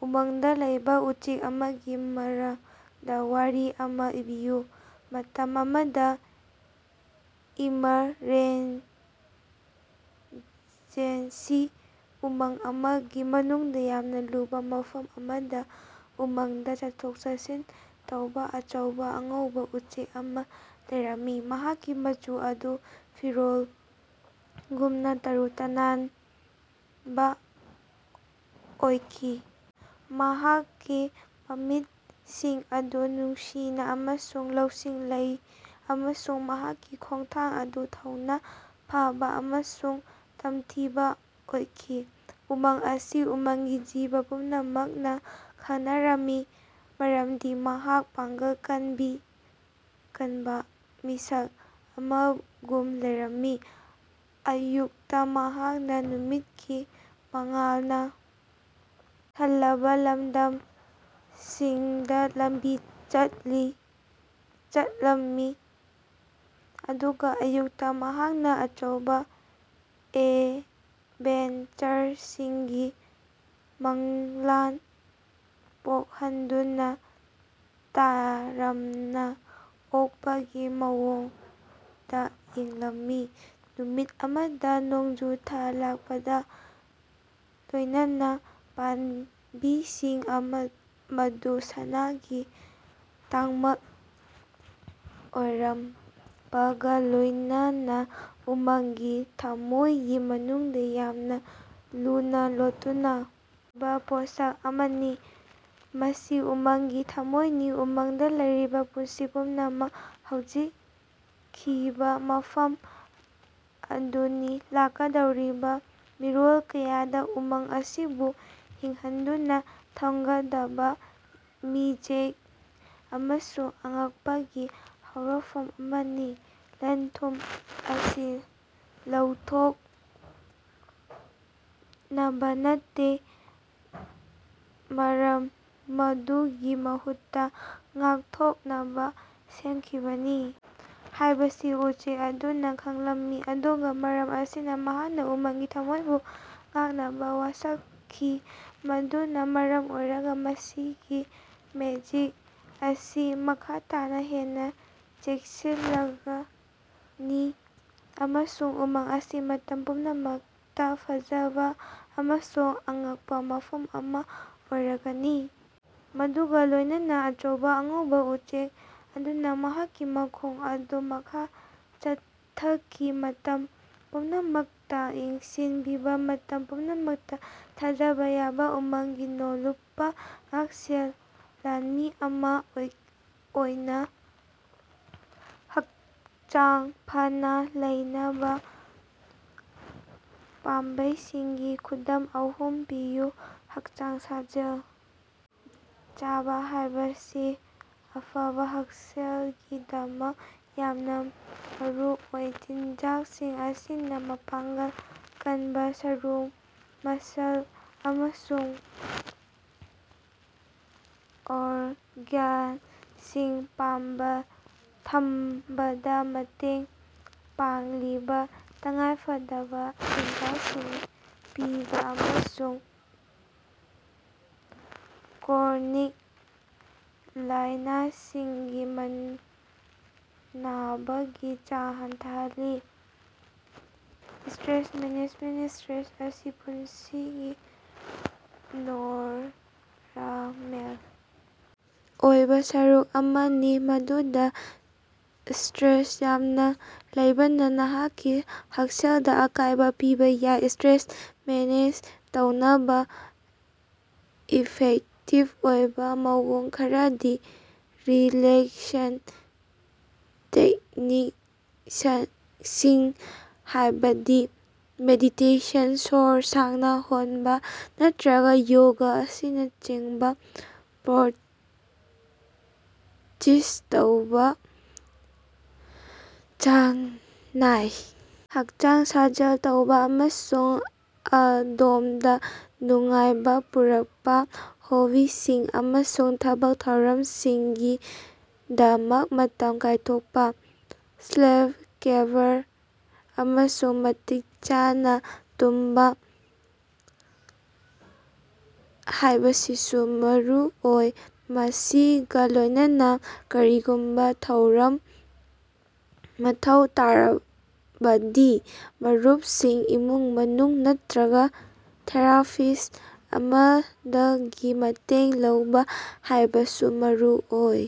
ꯎꯃꯪꯗꯥ ꯂꯩꯕꯥ ꯎꯆꯦꯛ ꯑꯃꯒꯤ ꯃꯔꯃꯗꯥ ꯋꯥꯔꯤ ꯑꯃꯥ ꯏꯕꯤꯌꯨ꯫ ꯃꯇꯝ ꯑꯃꯗ ꯏꯃꯔꯖꯦꯟꯁꯤ ꯎꯃꯪ ꯑꯃꯒꯤ ꯃꯅꯨꯡꯗ ꯌꯥꯝꯅ ꯂꯨꯕ ꯃꯐꯝ ꯑꯃꯗ ꯎꯃꯪꯗꯥ ꯆꯠꯊꯣꯛ-ꯆꯠꯁꯤꯟ ꯇꯧꯕꯥ ꯑꯆꯧꯕꯥ ꯑꯉꯧꯕꯥ ꯎꯆꯦꯛ ꯑꯃ ꯂꯩꯔꯝꯃꯤ꯫ ꯃꯍꯥꯛꯀꯤ ꯃꯆꯨ ꯑꯗꯨ ꯐꯤꯔꯣꯜꯒꯨꯝꯅ ꯇꯔꯨ ꯇꯅꯥꯟꯕ ꯑꯣꯏꯈꯤ ꯃꯍꯥꯛꯀꯤ ꯃꯃꯤꯠꯁꯤꯡ ꯑꯗꯨ ꯅꯨꯡꯁꯤꯅ ꯑꯃꯁꯨꯡ ꯂꯧꯁꯤꯡ ꯂꯩ ꯑꯃꯁꯨꯡ ꯃꯍꯥꯛꯀꯤ ꯈꯣꯡꯊꯥꯡ ꯑꯗꯨ ꯊꯧꯅꯥ ꯐꯕ ꯑꯃꯁꯨꯡ ꯇꯝꯊꯤꯕꯥ ꯑꯣꯏꯈꯤ꯫ ꯎꯃꯪ ꯑꯁꯤ ꯎꯃꯪꯒꯤ ꯖꯤꯕ ꯄꯨꯝꯅꯃꯛꯅ ꯈꯪꯅꯔꯝꯃꯤ ꯃꯔꯝꯗꯤ ꯃꯍꯥꯛ ꯃꯄꯥꯡꯒꯜ ꯀꯟꯕ ꯃꯤꯁꯛ ꯑꯃꯒꯨꯝ ꯂꯩꯔꯝꯃꯤ꯫ ꯑꯌꯨꯛꯇ ꯃꯍꯥꯛꯅ ꯅꯨꯃꯤꯠꯀꯤ ꯃꯉꯥꯜꯅ ꯊꯜꯂꯕ ꯂꯝꯗꯝꯁꯤꯡꯗ ꯂꯝꯕꯤ ꯆꯠꯂꯝꯃꯤ ꯑꯗꯨꯒ ꯑꯌꯨꯛꯇ ꯃꯍꯥꯛꯅ ꯑꯆꯧꯕ ꯑꯦꯗꯚꯦꯟꯆꯔꯁꯤꯡꯒꯤ ꯃꯪꯂꯥꯟ ꯄꯣꯛꯍꯟꯗꯨꯅ ꯇꯔꯥꯝꯅ ꯑꯣꯛꯄꯒꯤ ꯃꯑꯣꯡꯗ ꯌꯦꯡꯂꯝꯃꯤ꯫ ꯅꯨꯃꯤꯠ ꯑꯃꯗ ꯅꯣꯡꯖꯨ ꯊꯥ ꯂꯥꯛꯄꯒ ꯂꯣꯢꯅꯅ ꯄꯥꯝꯕꯤꯁꯤꯡ ꯑꯗꯨ ꯁꯅꯥꯒꯤ ꯇꯛꯃꯥꯟ ꯑꯣꯏꯔꯛꯄꯒ ꯂꯣꯢꯅꯅꯥ ꯎꯃꯪꯒꯤ ꯊꯝꯃꯣꯢꯒꯤ ꯃꯅꯨꯡꯗ ꯌꯥꯝꯅ ꯂꯨꯅ ꯂꯣꯠꯇꯨꯅ ꯂꯩꯕꯥ ꯄꯣꯠꯁꯛ ꯑꯃꯅꯤ꯫ ꯃꯁꯤ ꯎꯃꯪꯒꯤ ꯊꯃꯣꯏꯅꯤ ꯎꯃꯪꯗꯥ ꯂꯩꯔꯤꯕꯥ ꯄꯨꯟꯁꯤ ꯄꯨꯝꯅꯃꯛ ꯍꯧꯔꯛꯈꯤꯕ ꯃꯐꯝ ꯑꯗꯨꯅꯤ ꯂꯥꯛꯀꯗꯧꯔꯤꯕꯥ ꯃꯤꯔꯣꯜ ꯀꯌꯥꯗ ꯎꯃꯪ ꯑꯁꯤꯕꯨ ꯍꯤꯡꯍꯟꯗꯨꯅ ꯊꯝꯒꯗꯕ ꯃꯦꯖꯤꯛ ꯑꯃꯁꯨꯡ ꯑꯉꯛꯄꯒꯤ ꯍꯧꯔꯛꯐꯝ ꯑꯃꯅꯤ꯫ ꯂꯟ-ꯊꯨꯝ ꯑꯁꯤ ꯂꯧꯊꯣꯛꯅꯕ ꯅꯠꯇꯦ ꯃꯗꯨꯒꯤ ꯃꯍꯨꯠꯇ ꯉꯥꯛꯊꯣꯛꯅꯕ ꯁꯦꯝꯈꯤꯕꯅꯤ ꯍꯥꯢꯕꯁꯤ ꯎꯆꯦꯛ ꯑꯗꯨꯅ ꯈꯪꯂꯝꯃꯤ꯫ ꯑꯗꯨꯒ ꯃꯔꯝ ꯑꯁꯤꯅ ꯃꯍꯥꯛꯅ ꯎꯃꯪꯒꯤ ꯊꯝꯃꯣꯢꯕꯨ ꯉꯥꯛꯅꯕ ꯋꯥꯁꯛꯈꯤ ꯃꯗꯨꯅ ꯃꯔꯝ ꯑꯣꯏꯔꯒ ꯃꯁꯤꯒꯤ ꯃꯦꯖꯤꯛ ꯑꯁꯤ ꯃꯈꯥ ꯇꯥꯅ ꯍꯦꯟꯅ ꯆꯦꯛꯁꯤꯜꯂꯒꯅꯤ ꯑꯃꯁꯨꯡ ꯎꯃꯪ ꯑꯁꯤ ꯃꯇꯝ ꯄꯨꯝꯅꯃꯛꯇ ꯐꯖꯕ ꯑꯃꯁꯨꯡ ꯑꯉꯛꯄ ꯃꯐꯝ ꯑꯃ ꯑꯣꯏꯔꯒꯅꯤ꯫ ꯃꯗꯨꯒ ꯂꯣꯢꯅꯅ ꯑꯆꯧꯕ ꯑꯉꯧꯕ ꯎꯆꯦꯛ ꯑꯗꯨꯅ ꯃꯍꯥꯛꯀꯤ ꯈꯣꯡꯆꯠ ꯑꯗꯨ ꯃꯈꯥ ꯆꯠꯊꯈꯤ ꯃꯇꯝ ꯄꯨꯝꯅꯃꯛꯇ ꯌꯦꯡꯁꯤꯟꯕꯤꯕ ꯃꯇꯝ ꯄꯨꯝꯅꯃꯛꯇ ꯊꯥꯖꯕ ꯌꯥꯕ ꯎꯃꯪꯒꯤ ꯅꯣꯜꯂꯨꯛꯄ ꯉꯥꯛꯁꯦꯜ ꯂꯥꯟꯃꯤ ꯑꯃꯥ ꯑꯣꯏꯅ꯫ ꯍꯛꯆꯥꯡ ꯐꯅ ꯂꯩꯅꯕ ꯄꯥꯝꯕꯩꯁꯤꯡꯒꯤ ꯈꯨꯗꯝ ꯑꯍꯨꯝ ꯄꯤꯌꯨ꯫ ꯍꯛꯆꯥꯡ ꯁꯥꯖꯦꯜ ꯆꯥꯕ ꯍꯥꯢꯕꯁꯤ ꯑꯐꯕ ꯍꯛꯁꯦꯜꯒꯤꯗꯃꯛ ꯌꯥꯝꯅ ꯃꯔꯨꯑꯣꯏ꯫ ꯆꯤꯟꯖꯥꯛꯁꯤꯡ ꯑꯁꯤꯅ ꯃꯄꯥꯡꯒꯜ ꯀꯟꯕ ꯁꯔꯨ, ꯃꯁꯜ ꯑꯃꯁꯨꯡ ꯑꯣꯔꯒꯥꯟꯁꯤꯡ ꯊꯝꯕꯗ ꯃꯇꯦꯡ ꯄꯥꯡꯂꯤꯕ ꯇꯉꯥꯏꯐꯗꯕ ꯃꯆꯤꯟꯖꯥꯛꯁꯤꯡ ꯄꯤꯔꯤ ꯑꯃꯁꯨꯡ ꯀ꯭ꯔꯣꯅꯤꯛ ꯂꯥꯢꯅꯁꯤꯡꯒꯤ ꯅꯕꯒꯤ ꯆꯥꯡ ꯍꯟꯊꯍꯜꯂꯤ꯫ ꯁ꯭ꯇꯔꯦꯁ ꯃꯦꯅꯦꯖꯃꯦꯟꯇ: ꯁꯇ꯭ꯔꯦꯁ ꯑꯁꯤ ꯄꯨꯟꯁꯤꯒꯤ ꯅꯣꯔꯃꯦꯜ ꯑꯣꯏꯕ ꯁꯔꯨꯛ ꯑꯃꯅꯤ ꯑꯗꯨꯕꯨ ꯁꯇ꯭ꯔꯦꯁ ꯌꯥꯝꯅ ꯂꯩꯕꯅꯥ ꯅꯍꯥꯛꯀꯤ ꯍꯛꯁꯦꯜꯗ ꯑꯀꯥꯢꯕ ꯄꯤꯕꯥ ꯌꯥꯏ꯫ ꯁꯇ꯭ꯔꯦꯁ ꯃꯦꯅꯦꯖ ꯇꯧꯅꯕꯒꯤ ꯏꯐꯦꯛꯇꯤꯚ ꯑꯣꯏꯕ ꯃꯑꯣꯡ ꯈꯔꯗꯤ ꯔꯤꯂꯦꯛꯁꯟ ꯇꯦꯛꯅꯤꯛꯁꯤꯡ ꯍꯥꯢꯕꯗꯤ ꯃꯦꯗꯤꯇꯦꯁꯟ, ꯁꯣꯔ ꯁꯥꯡꯅ ꯍꯣꯟꯕ ꯅꯠꯇ꯭ꯔꯒ ꯌꯣꯒꯥ ꯑꯁꯤꯅꯆꯤꯡꯕ ꯄ꯭ꯔꯦꯛꯇꯤꯁ ꯇꯧꯕꯥ ꯆꯥꯡ ꯅꯥꯏꯅ ꯍꯛꯆꯥꯡ ꯁꯥꯖꯦꯜ ꯇꯧꯕꯥ ꯑꯃꯁꯨꯡ ꯑꯗꯣꯝꯗ ꯅꯨꯡꯉꯥꯏꯕ ꯄꯨꯔꯛꯄ ꯍꯣꯕꯤꯁꯤꯡ ꯑꯃꯁꯨꯡ ꯊꯕꯛ ꯊꯧꯔꯝꯁꯤꯡꯒꯤꯗꯃꯛ ꯃꯇꯝ ꯀꯥꯢꯊꯣꯛꯄ꯫ ꯁꯦꯂ꯭ꯐ-ꯀꯦꯌꯔ ꯑꯃꯁꯨꯡ ꯃꯇꯤꯛ ꯆꯥꯅ ꯇꯨꯝꯕ ꯍꯥꯢꯕꯁꯤꯁꯨ ꯃꯔꯨꯑꯣꯏ ꯃꯁꯤꯒꯥ ꯂꯣꯢꯅꯅꯥ ꯀꯔꯤꯒꯨꯝꯕ ꯃꯊꯧ ꯇꯥꯔꯕꯗꯤ ꯃꯔꯨꯞꯁꯤꯡ ꯏꯃꯨꯡ-ꯃꯅꯨꯡ ꯅꯠꯇ꯭ꯔꯒꯥ ꯊꯦꯔꯥꯄꯤꯁ꯭ꯠ ꯑꯃꯗꯒꯤ ꯃꯇꯦꯡ ꯂꯧꯕꯥ ꯍꯥꯢꯕꯁꯤꯁꯨ ꯃꯔꯨꯑꯣꯏ꯫